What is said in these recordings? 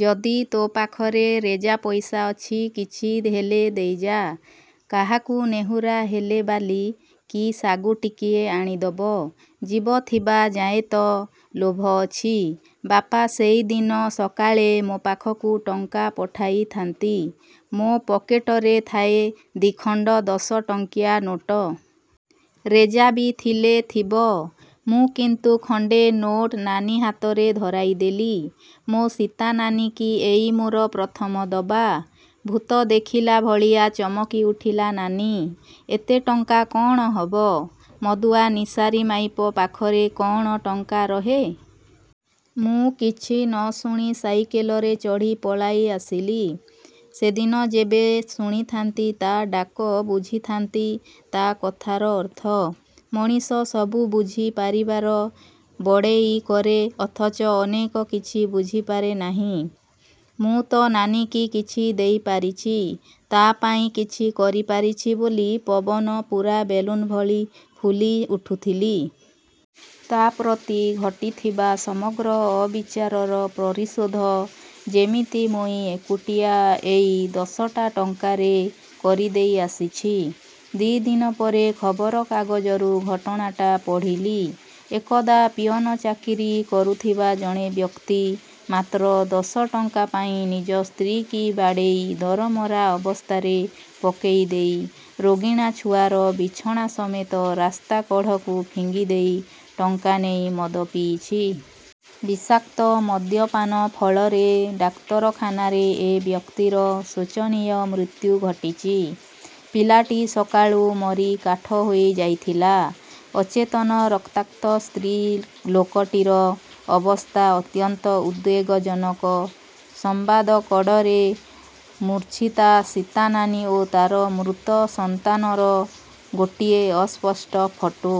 ଯଦି ତୋ ପାଖରେ ରେଜା ପଇସା ଅଛି କିଛି ହେଲେ ଦେଇଯା। କାହାକୁ ନେହୁରା ହେଲେ ବାଲି କି ସାଗୁ ଟିକିଏ ଆଣିଦବ। ଜୀବ ଥିବା ଯାଏ ତ ଲୋଭ ଅଛି। ବାପା ସେଇ ଦିନ ସକାଳେ ମୋ ପାଖକୁ ଟଙ୍କା ପଠାଇ ଥାନ୍ତି। ମୋ ପକେଟରେ ଥାଏ ଦିଖଣ୍ଡ ଦଶ ଟଙ୍କିଆ ନୋଟ। ରେଜାବି ଥିଲେ ଥିବ। ମୁଁ କିନ୍ତୁ ଖଣ୍ଡେ ନୋଟ ନାନୀ ହାତରେ ଧରାଇ ଦେଲି। ମୋ ସୀତା ନାନୀକି ଏଇ ମୋର ପ୍ରଥମ ଦବା। ଭୂତ ଦେଖିଲା ଭଳିଆ ଚମକି ଉଠିଲା ନାନୀ। ଏତେ ଟଙ୍କା କ'ଣ ହବ? ମଦୁଆ ନିଶାରୀ ମାଇପ ପାଖରେ କ'ଣ ଟଙ୍କା ରହେ? ମୁଁ କିଛି ନଶୁଣି ସାଇକେଲରେ ଚଢ଼ି ପଳାଇ ଆସିଲି। ସେଦିନ ଯେବେ ଶୁଣିଥାନ୍ତି ତା' ଡାକ, ବୁଝିଥାନ୍ତି ତା' କଥାର ଅର୍ଥ। ମଣିଷ ସବୁ ବୁଝି ପାରିବାର ବଡ଼େଇ କରେ ଅଥଚ ଅନେକ କିଛି ବୁଝିପାରେ ନାହିଁ-। ମୁଁ ତ ନାନୀକି କିଛି ଦେଇ ପାରିଛି, ତା' ପାଇଁ କିଛି କରି ପାରିଛି ବୋଲି ପବନ ପୁରା ବେଲୁନ୍ ଭଳି ଫୁଲି ଉଠୁଥିଲି। ତା' ପ୍ରତି ଘଟିଥିବା ସମଗ୍ର ଅବିଚାରର ପରିଶୋଧ ଯେମିତି ମୁଁଇ ଏକୁଟିଆ ଏଇ ଦଶଟା ଟଙ୍କାରେ କରି ଦେଇ ଆସିଛି। ଦି' ଦିନ ପରେ ଖବରକାଗଜରୁ ଘଟଣାଟା ପଢ଼ିଲି। ଏକଦା ପିଅନ ଚାକିରି କରୁଥିବା ଜଣେ ବ୍ୟକ୍ତି, ମାତ୍ର ଦଶଟଙ୍କା ପାଇଁ ନିଜ ସ୍ତ୍ରୀ' କି ବାଡ଼େଇ ଦରମରା ଅବସ୍ଥାରେ ପକେଇ ଦେଇ, ରୋଗିଣା ଛୁଆର ବିଛଣା ସମେତ ରାସ୍ତା କଢ଼କୁ ଫିଙ୍ଗିଦେଇ, ଟଙ୍କା ନେଇ ମଦ ପିଇଛି। ବିଷାକ୍ତ ମଦ୍ୟପାନ ଫଳରେ ଡାକ୍ତରଖାନାରେ ଏ ବ୍ୟକ୍ତିର ଶୋଚନୀୟ ମୁତ୍ୟୁ ଘଟିଚି। ପିଲାଟି ସକାଳୁ ମରି କାଠ ହୋଇ ଯାଇଥିଲା। ଅଚେତନ ରକ୍ତାକ୍ତ ସ୍ତ୍ରୀ ଲୋକଟିର ଅବସ୍ଥା ଅତ୍ୟନ୍ତ ଉଦ୍ବେଗଜନକ। ସମ୍ବାଦ କଡ଼ରେ ମୂର୍ଚ୍ଛିତା ସୀତାନାନୀ ଓ ତା'ର ମୃତ ସନ୍ତାନ ର ଗୋଟିଏ ଅସ୍ପଷ୍ଟ ଫଟୋ।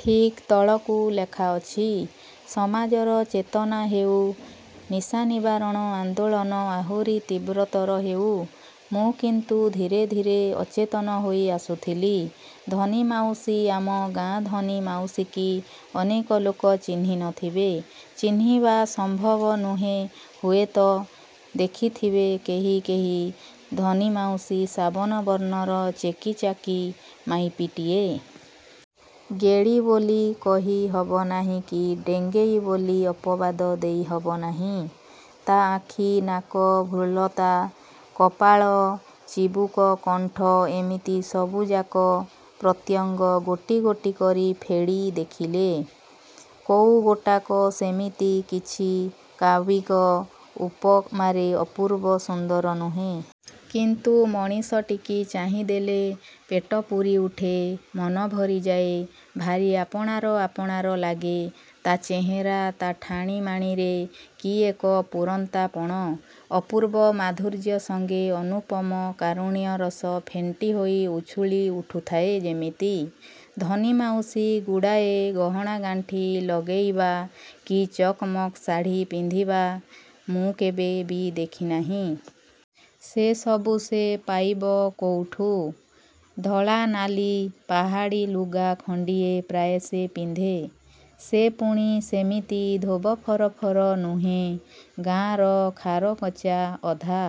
ଠିକ୍ ତଳକୁ ଲେଖା ଅଛି–''ସମାଜର ଚେତନା ହେଉ। ନିଶାନିବାରଣ ଆନ୍ଦୋଳନ ଆହୁରି ତୀବ୍ରତର ହେଉ। " ମୁଁ କିନ୍ତୁ ଧୀରେ ଧୀରେ ଅଚେତନ ହୋଇ ଆସୁଥିଲି। ଧନୀ ମାଉସୀ ଆମ ଗାଁ ଧନୀ ମାଉସୀକି ଅନେକ ଲୋକ ଚିହ୍ନି ନଥିବେ। ଚିହ୍ନିବା ସମ୍ଭବ ନୁହେଁ ହୁଏତ ଦେଖିଥିବେ କେହି କେହି ଧନୀ ମାଉସୀ ସାବନ ବର୍ଣ୍ଣର ଚେକି ଚାକି ମାଇପିଟିଏ। ଗେଡ଼ି ବୋଲି କହି ହବ ନାହିଁ କି ଡେଙ୍ଗେଇ ବୋଲି ଅପବାଦ ଦେଇ ହବ ନାହିଁ। ତା' ଆଖି, ନାକ, ଭୃଲତା, କପାଳ, ଚିବୁକ କଣ୍ଠ ଏମିତି ସବୁଯାକ ପ୍ରତ୍ୟଙ୍ଗ ଗୋଟି ଗୋଟି କରି ଫେଡ଼ି ଦେଖିଲେ, କୋଉ ଗୋଟାକ ସେମିତି କିଛି, କାବ୍ୟିକ ଉପମାରେ ଅପୂର୍ବ ସୁନ୍ଦର ନୁହେଁ। କିନ୍ତୁ ମଣିଷଟିକି ଚାହିଁଦେଲେ ପେଟପୁରି ଉଠେ। ମନ ଭରିଯାଏ। ଭାରି ଆପଣାର ଆପଣାର ଲାଗେ। ତା' ଚେହେରା ତା' ଠାଣି ମାଣିରେ କି ଏକ ପୂରନ୍ତା ପଣ, ଅପୂର୍ବ ମାଧୁର୍ଯ୍ୟ ସଙ୍ଗେ ଅନୁପମ କାରୁଣ୍ୟ ରସ ଫେଣ୍ଟି ହୋଇ ଉଛୁଳି ଉଠୁଥାଏ ଯେମିତି। ଧନୀ ମାଉସୀ ଗୁଡ଼ାଏ ଗହଣା ଗାଣ୍ଠି ଲଗେଇବା, କି ଚକ୍ ମକ୍ ଶାଢ଼ି ପିନ୍ଧିବା, ମୁଁ କେବେ ବି ଦେଖିନାହିଁ। ସେ ସବୁ ସେ ପାଇବ କେଉଠୁ? ଧଳା, ନାଲି ପାହାଡ଼ି ଲୁଗା ଖଣ୍ଡିଏ, ପ୍ରାୟ ସେ ପିନ୍ଧେ-। ସେ ପୁଣି ସେମିତି ଧୋବ ଫର ଫର ନୁହେଁ। ଗାଁ'ର ଖାରକଚା ଅଧା